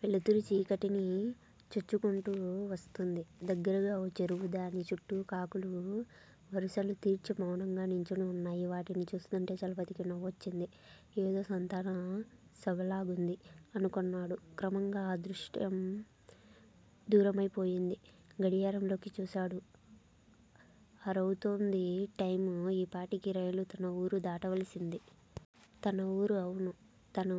వెలుతురు చీకటిని చొచ్చుకొంటూ వస్తూంది. దగ్గరగా ఓ చెరువు. దాని చుట్టూ కాకులు వరుసలు తీర్చి మౌనంగా నించుని ఉన్నాయి. వాటిని చూస్తూంటే చలపతికి నవ్వొచ్చింది. 'ఏదో సంతాన సభలాగుంది' అనుకొన్నాడు. క్రమంగా ఆ దృశ్యం దూరమయిపోయింది. గడియారంలోకి చూశాడు. అరవుతోంది టైమ్. ఈపాటికి రైలు తన ఊరు దాటవలసింది. తన ఊరు! అవును. తను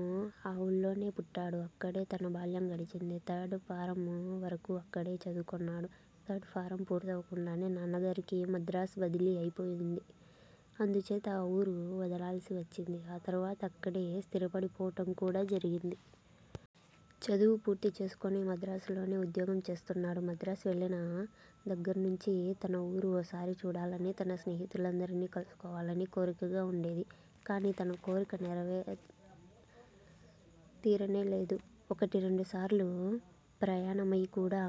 ఆ ఊళ్లోనే పుట్టాడు. అక్కడే తన బాల్యం గడిచింది. థర్డ్ ఫారమ్ వరకూ అక్కడే చదువుకొన్నాడు. ధర్డ్ ఫారం పూర్తవకుండానే నాన్నగారికి మద్రాస్ బదిలీ అయిపోయింది. అందుచేత ఆ ఊరు వదలాల్సి వచ్చింది. ఆ తరువాత అక్కడే స్థిరపడిపోవటం కూడా జరిగింది. చదువు పూర్తి చేసుకొని మద్రాసులోనే ఉద్యోగం చేస్తున్నాడు. మద్రాస్ వెళ్ళిన దగ్గర్నుంచీ తన ఊరు ఓసారి చూడాలనీ తన స్నేహితులందరినీ కలుసుకోవాలని కోరికగా ఉండేది. కానీ తన కోరిక తీరనేలేదు ఒకటి, రెండు సార్లు ప్రయాణమయి కూడా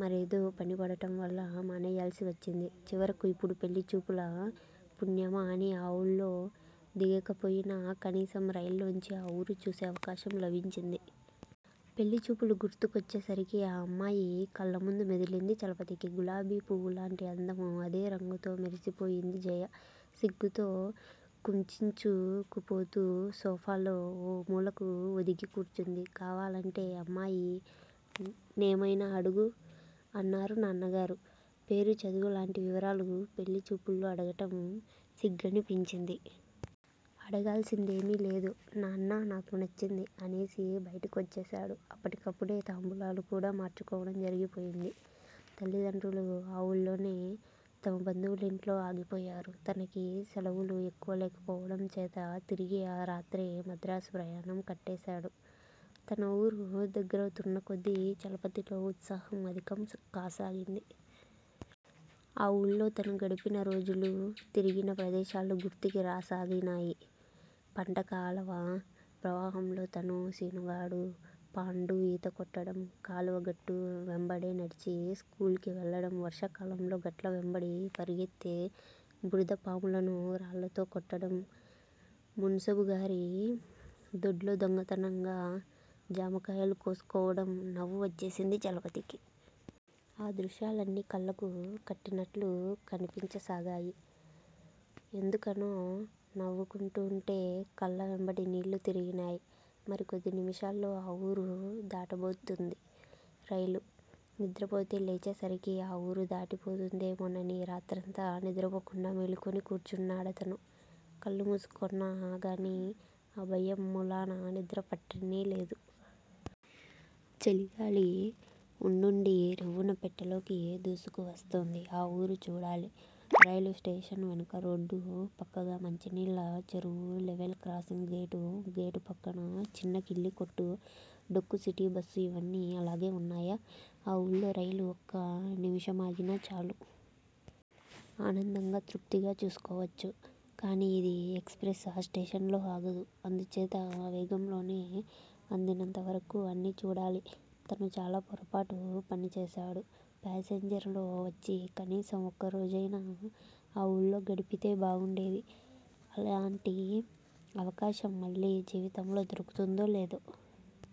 మరేదో పని పడటం వల్ల మానేయాల్సివచ్చింది. చివరకు ఇప్పుడు పెళ్ళిచూపుల పుణ్యమా అని ఆ ఊళ్లో దిగకపోయినా, కనీసం రైల్లోంచి ఆ ఊరు చూసే అవకాశం లభించింది. పెళ్ళిచూపులు గుర్తుకొచ్చేసరికి ఆ అమ్మాయి కళ్ళముందు మెదిలింది చలపతికి. గులాబీ పువ్వులాంటి అందం. అదే రంగుతో మెరిసిపోయింది జయ. సిగ్గుతో కుంచించుకుపోతూ సోఫాలో ఓ మూలకు ఒదిగి కూర్చుంది. కావాలంటే అమ్మాయి నేమైనా అడుగు! అన్నారు నాన్నగారు. పేరు, చదువులాంటి వివరాలు పెళ్ళి చూపుల్లో అడగటం సిగ్గనిపించింది. అడగాల్సిందేమీ లేదు. నాన్నా! నాకు నచ్చింది! అనేసి బయటి కొచ్చేశాడు. అప్పటికప్పుడే తాంబూలాలు కూడా మార్చుకోవడం జరిగిపోయింది. తల్లిదండ్రులు ఆ ఊళ్లోనే తమ బంధువులింట్లో ఆగిపోయారు. తనకి సెలవులు ఎక్కువ లేకపోవడం చేత తిరిగి ఆ రాత్రే మద్రాసు ప్రయాణం కట్టేశాడు. తన ఊరు దగ్గరవుతున్న కొద్దీ చలపతిలో ఉత్సాహం అధికం కాసాగింది. ఆ ఊళ్లో తను గడిపిన రోజులూ, తిరిగిన ప్రదేశాలు గుర్తుకి రాసాగినాయి. పంట కాలవ ప్రవాహంలో తనూ, శీనుగాడూ, పాండూ ఈతకొట్టడం, కాలవగట్టు వెంబడే నడిచి స్కూల్ కి వెళ్ళడం, వర్షాకాలంలో గట్ల వెంబడి పరుగెత్తే బురదపాములను రాళ్ళతో కొట్టడం, మున్సబుగారి దొడ్లో దొంగతనంగా జామకాయలు కోసుకోవడం- నవ్వు వచ్చేసింది చలపతికి. ఆ దృశ్యాలన్నీ కళ్లకు కట్టినట్లు కనిపించసాగాయ్- ఎందుకనో నవ్వుకుంటూంటే కళ్ల వెంబడి నీళ్ళు తిరిగినయ్. మరి కొద్ది నిమిషాల్లో ఆ ఊరు దాటబోతోంది రైలు. నిద్రపోతే లేచేసరికి ఆ ఊరు దాటిపోతుందేమోనని రాత్రంతా నిద్రపోకుండా మేలుకొని కూర్చున్నాడతను. కళ్ళు మూసుకొన్నాగాని ఆ భయం మూలాన నిద్రపట్టనేలేదు. చలిగాలి ఉండుండి రివ్వున పెట్టెలోకి దూసుకువస్తోంది. ఆ ఊరు చూడాలి. రైలు స్టేషన్ వెనుక రోడ్డూ, పక్కగా మంచి నీళ్ళ చెరువూ, లెవెల్ క్రాసింగ్ గేటూ, గేటు పక్కన చిన్న కిళ్లీకొట్టూ, డొక్కు సిటీబస్సూ ఇవన్నీ అలాగే ఉన్నాయా? ఆ ఊళ్లో రైలు ఒక్క నిమిషమాగినా చాలు. ఆనందంగా, తృప్తిగా చూసుకోవచ్చు. కానీ ఇది ఎక్స్ ప్రెస్! ఆ స్టేషన్లో ఆగదు. అందుచేత ఆ వేగంలోనే అందినంతవరకూ అన్నీ చూడాలి. తను చాలా పొరపాటు పని చేశాడు. పాసెంజర్ లో వచ్చి కనీసం ఒక్కరోజయినా ఆ వూళ్ళో గడిపితే బాగుండేది. ఇలాంటి అవకాశం మళ్ళీ జీవితంలో దొరుకుతుందో, లేదో?